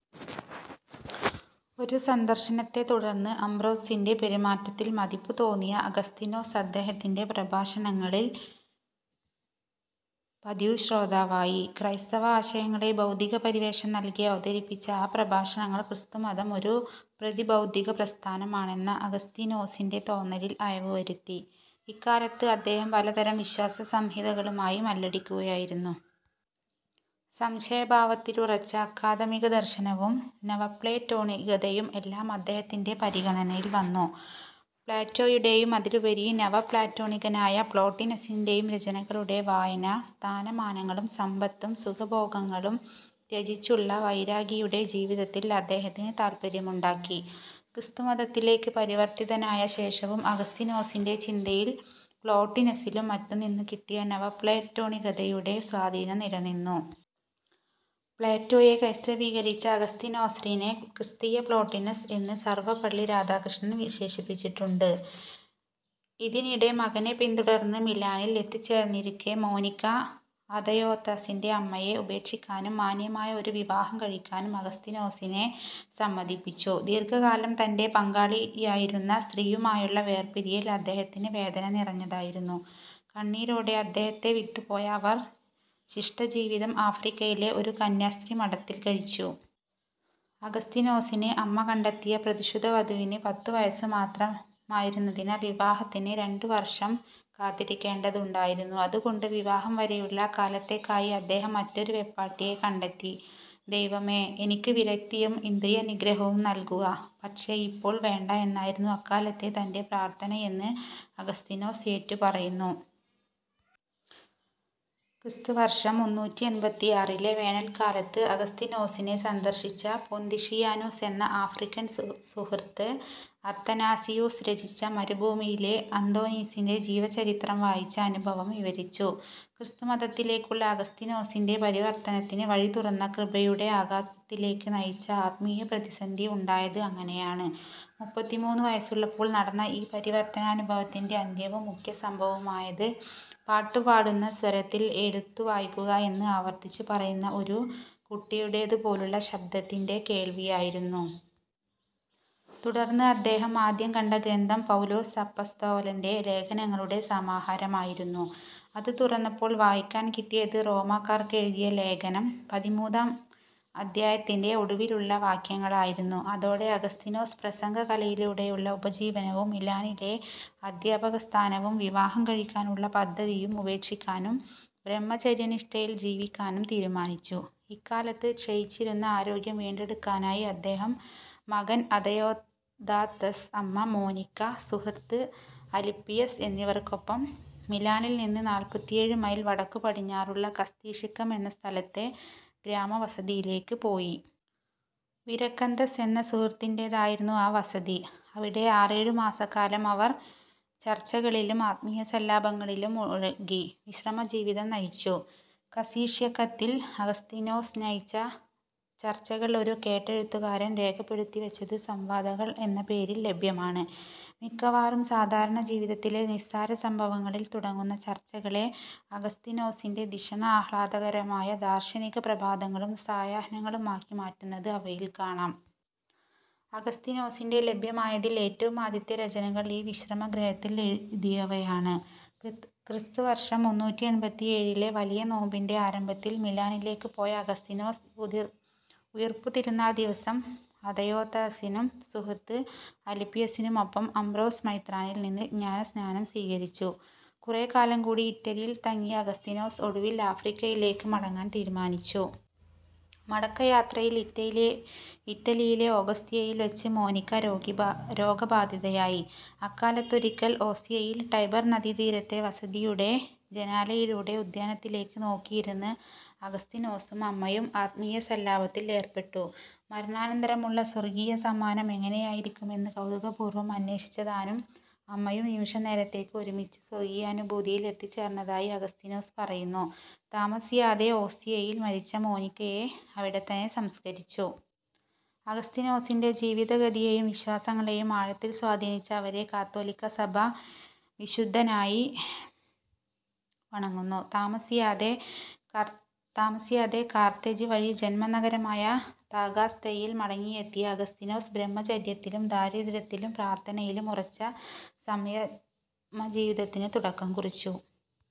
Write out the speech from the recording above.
ഒരു സന്ദർശനത്തെ തുടർന്ന് അംബ്രോസിന്റെ പെരുമാറ്റത്തിൽ മതിപ്പു തോന്നിയ അഗസ്തീനോസ് അദ്ദേഹത്തിന്റെ പ്രഭാഷണങ്ങളിൽ പതിവുശ്രോതാവായി. ക്രൈസ്തവ ആശയങ്ങളെ ബൗദ്ധിക പരിവേഷം നൽകി അവതരിപ്പിച്ച ആ പ്രഭാഷണങ്ങൾ ക്രിസ്തുമതം ഒരു പ്രതിബൗദ്ധിക പ്രസ്ഥാനം ആണെന്ന അഗസ്തീനോസിന്റെ തോന്നലിൽ അയവു വരുത്തി. ഇക്കാലത്ത് അദ്ദേഹം പലതരം വിശ്വാസസംഹിതകളുമായി മല്ലടിക്കുകയായിരുന്നു. സംശയഭാവത്തിലുറച്ച അക്കാദമിക ദർശനവും നവപ്ലേറ്റോണികതയും എല്ലാം അദ്ദേഹത്തിന്റെ പരിഗണനയിൽ വന്നു. പ്ലേറ്റോയുടെയും അതിലുപരി നവപ്ലേറ്റോണികനായ പ്ലോട്ടിനസിന്റെയും രചനകളുടെ വായന, സ്ഥാനമാനങ്ങളും സമ്പത്തും സുഖഭോഗങ്ങളും ത്യജിച്ചുള്ള വൈരാഗിയുടെ ജീവിതത്തിൽ അദ്ദേഹത്തിന് താത്പര്യമുണ്ടാക്കി. ക്രിസ്തുമതത്തിലേക്ക് പരിവർത്തിതനായ ശേഷവും അഗസ്തീനോസിന്റെ ചിന്തയിൽ പ്ലോട്ടിനസിലും മറ്റും നിന്നു കിട്ടിയ നവപ്ലേറ്റോണികതയുടെ സ്വാധീനം നിലനിന്നു. പ്ലേറ്റോയെ ക്രൈസ്തവീകരിച്ച അഗസ്തീനോസിനെ ക്രിസ്തീയ പ്ലോട്ടിനസ് എന്ന് സർവപ്പള്ളി രാധാകൃഷ്ണൻ വിശേഷിപ്പിച്ചിട്ടുണ്ട്. ഇതിനിടെ മകനെ പിന്തുടർന്ന് മിലാനിൽ എത്തിച്ചേർന്നിരുന്ന മോനിക്ക, അദയോദാത്തസിന്റെ അമ്മയെ ഉപേക്ഷിക്കാനും മാന്യമായ ഒരു വിവാഹം കഴിക്കാനും അഗസ്തീനോസിനെ സമ്മതിപ്പിച്ചു. ദീർഘകാലം തന്റെ പങ്കാളിയായിരുന്ന സ്ത്രീയുമായുള്ള വേർപിരിയൽ അദ്ദേഹത്തിന് വേദനനിറഞ്ഞതായിരുന്നു. കണ്ണീരോടെ അദ്ദേഹത്തെ വിട്ടുപോയ അവർ ശിഷ്ടജീവിതം ആഫ്രിക്കയിലെ ഒരു കന്യാസ്ത്രീമഠത്തിൽ കഴിച്ചു. അഗസ്തീനോസിന് അമ്മ കണ്ടെത്തിയ പ്രതിശ്രുതവധുവിന് പത്ത് വയസ്സു മാത്രമായിരുന്നതിനാൽ വിവാഹത്തിന് രണ്ടു വർഷം കാത്തിരിക്കേണ്ടതുണ്ടായിരുന്നു. അതുകൊണ്ട് വിവാഹം വരെയുള്ള കാലത്തേക്കായി അദ്ദേഹം മറ്റൊരു വെപ്പാട്ടിയെ കണ്ടെത്തി. ദൈവമേ, എനിക്ക് വിരക്തിയും ഇന്ദ്രിയനിഗ്രഹവും നൽകുക, പക്ഷേ ഇപ്പോൾ വേണ്ട എന്നായിരുന്നു അക്കാലത്തെ തന്റെ പ്രാർത്ഥനയെന്ന് അഗസ്തീനോസ് ഏറ്റുപറയുന്നു. ക്രിസ്തുവർഷംമുന്നൂറ്റി എൺപത്തിയാറിലെ വേനൽക്കാലത്ത് അഗസ്തീനോസിനെ സന്ദർശിച്ച പൊന്തീഷിയാനൂസ് എന്ന ആഫ്രിക്കൻ സുഹൃത്ത്, അത്തനാസിയൂസ് രചിച്ച മരുഭൂമിയിലെ അന്തോനീസിന്റെ ജീവചരിത്രം വായിച്ച അനുഭവം വിവരിച്ചു. ക്രിസ്തുമതത്തിലേക്കുള്ള അഗസ്തീനോസിന്റെ പരിവർത്തനത്തിന് വഴിതുറന്ന കൃപയുടെ ആഘാതത്തിലേക്ക് നയിച്ച ആത്മീയ പ്രതിസന്ധി ഉണ്ടായത് അങ്ങനെയാണ്. മുപ്പത്തിമൂന്ന് വയസ്സുള്ളപ്പോൾ നടന്ന ഈ പരിവർത്തനാനുഭവത്തിന്റെ അന്ത്യവും മുഖ്യ സംഭവവുമായത്, പാട്ടുപാടുന്ന സ്വരത്തിൽ എടുത്തു വായിക്കുക എന്ന് ആവർത്തിച്ചു പറയുന്ന ഒരു കുട്ടിയുടേതുപോലുള്ള ശബ്ദത്തിന്റെ കേൾവിയായിരുന്നു. തുടർന്ന് അദ്ദേഹം ആദ്യം കണ്ട ഗ്രന്ഥം പൗലോസ് അപ്പസ്തോലന്റെ ലേഖനങ്ങളുടെ സമാഹാരമായിരുന്നു. അത് തുറന്നപ്പോൾ വായിക്കാൻ കിട്ടിയത് റോമാക്കാർക്കെഴുതിയ ലേഖനം പതിമൂന്നാം അധ്യായത്തിന്റെ ഒടുവിലുള്ള വാക്യങ്ങളായിരുന്നു. അതോടെ അഗസ്തീനോസ് പ്രസംഗകലയിലൂടെയുള്ള ഉപജീവനവും മിലാനിലെ അധ്യാപകസ്ഥാനവും വിവാഹം കഴിക്കാനുള്ള പദ്ധതിയും ഉപേക്ഷിക്കാനും ബ്രഹ്മചര്യനിഷ്ഠയിൽ ജീവിക്കാനും തീരുമാനിച്ചു. ഇക്കാലത്ത് ക്ഷയിച്ചിരുന്ന ആരോഗ്യം വീണ്ടെടുക്കാനായി അദ്ദേഹം മകൻ അദയോദാത്തസ്, അമ്മ മോനിക്ക, സുഹൃത്ത് അലിപ്പിയസ് എന്നിവർക്കൊപ്പം മിലാനിൽ നിന്ന് നാല്പത്തിയേഴ് മൈൽ വടക്കുപടിഞ്ഞാറുള്ള കസ്സീഷ്യക്കം എന്ന സ്ഥലത്തെ ഗ്രാമവസതിയിലേക്ക് പോയി. വിരക്കന്ദസ് എന്ന സുഹൃത്തിന്റേതായിരുന്നു ആ വസതി. അവിടെ ആറേഴു മാസക്കാലം അവർ ചർച്ചകളിലും ആത്മീയസല്ലാപങ്ങളിലും മുഴുകി വിശ്രമജീവിതം നയിച്ചു. കസ്സീഷ്യക്കത്തിൽ അഗസ്തീനോസ് നയിച്ച ചർച്ചകൾ ഒരു കേട്ടെഴുത്തുകാരൻ രേഖപ്പെടുത്തി വച്ചത് സംവാദങ്ങൾ എന്ന പേരിൽ ലഭ്യമാണ്. മിക്കവാറും സാധാരണജീവിതത്തിലെ നിസ്സാരസംഭവങ്ങളിൽ തുടങ്ങുന്ന ചർച്ചകളെ അഗസ്തീനോസിന്റെ ധിഷണ ആഹ്ലാദകരമായ ദാർശനിക പ്രഭാതങ്ങളും സായാഹ്നങ്ങളുമാക്കി മാറ്റുന്നത് അവയിൽ കാണാം. അഗസ്തീനോസിന്റെ ലഭ്യമായതിൽ ഏറ്റവും ആദ്യത്തെ രചനകൾ ഈ വിശ്രമഗൃഹത്തിൽ എഴുതിയവയാണ്. ക്രിസ്തുവർഷം മുന്നൂറ്റി എൺപത്തിയേഴിലെ വലിയ നോമ്പിന്റെ ആരംഭത്തിൽ മിലാനിലേക്ക് പോയ അഗസ്തീനോസ് ഉതിർഉയിർപ്പുതിരുനാൾ ദിവസം അദയോദാത്തസിനും സുഹൃത്ത് അലിപ്പിയസിനുമൊപ്പം അംബ്രോസ് മെത്രാനിൽ നിന്ന് ജ്ഞാനസ്നാനം സ്വീകരിച്ചു. കുറേക്കാലം കൂടി ഇറ്റലിയിൽ തങ്ങിയ അഗസ്തീനോസ് ഒടുവിൽ ആഫ്രിക്കയിലേക്ക് മടങ്ങാൻ തീരുമാനിച്ചു. മടക്കയാത്രയിൽ ഇറ്റലിയിലെ ഓസ്തിയയിൽ വച്ച് മോനിക്ക രോഗബാധിതയായി. അക്കാലത്തൊരിക്കൽ ഓസ്തിയയിൽ ടൈബർ നദീതീരത്തെ വസതിയുടെ ജനാലയിലൂടെ ഉദ്യാനത്തിലേക്ക് നോക്കിയിരുന്ന് അഗസ്തീനോസും അമ്മയും ആത്മീയസല്ലാപത്തിൽ ഏർപ്പെട്ടു. മരണാനന്തരമുള്ള സ്വർഗീയ സമ്മാനം എങ്ങനെയായിരിക്കുമെന്ന് കൗതുകപൂർവം അന്വേഷിച്ച താനും അമ്മയും നിമിഷനേരത്തേക്ക് ഒരുമിച്ച് സ്വർഗീയാനുഭൂതിയിൽ എത്തിച്ചേർന്നതായി അഗസ്തീനോസ് പറയുന്നു. താമസിയാതെ ഓസ്തിയയിൽ മരിച്ച മോനിക്കയെ അവിടെത്തന്നെ സംസ്കരിച്ചു. അഗസ്തീനോസിന്റെ ജീവിതഗതിയേയും വിശ്വാസങ്ങളേയും ആഴത്തിൽ സ്വാധീനിച്ച അവരെ കത്തോലിക്കാ സഭ വിശുദ്ധനായി വണങ്ങുന്നു. താമസിയാതെ താമസിയാതെ കാർത്തേജ് വഴി ജന്മനഗരമായ താഗാസ്തെയിൽ മടങ്ങിയെത്തിയ അഗസ്തീനോസ് ബ്രഹ്മചര്യത്തിലും ദാരിദ്ര്യത്തിലും പ്രാർത്ഥനയിലും ഉറച്ച സംയമജീവിതത്തിന് തുടക്കം കുറിച്ചു.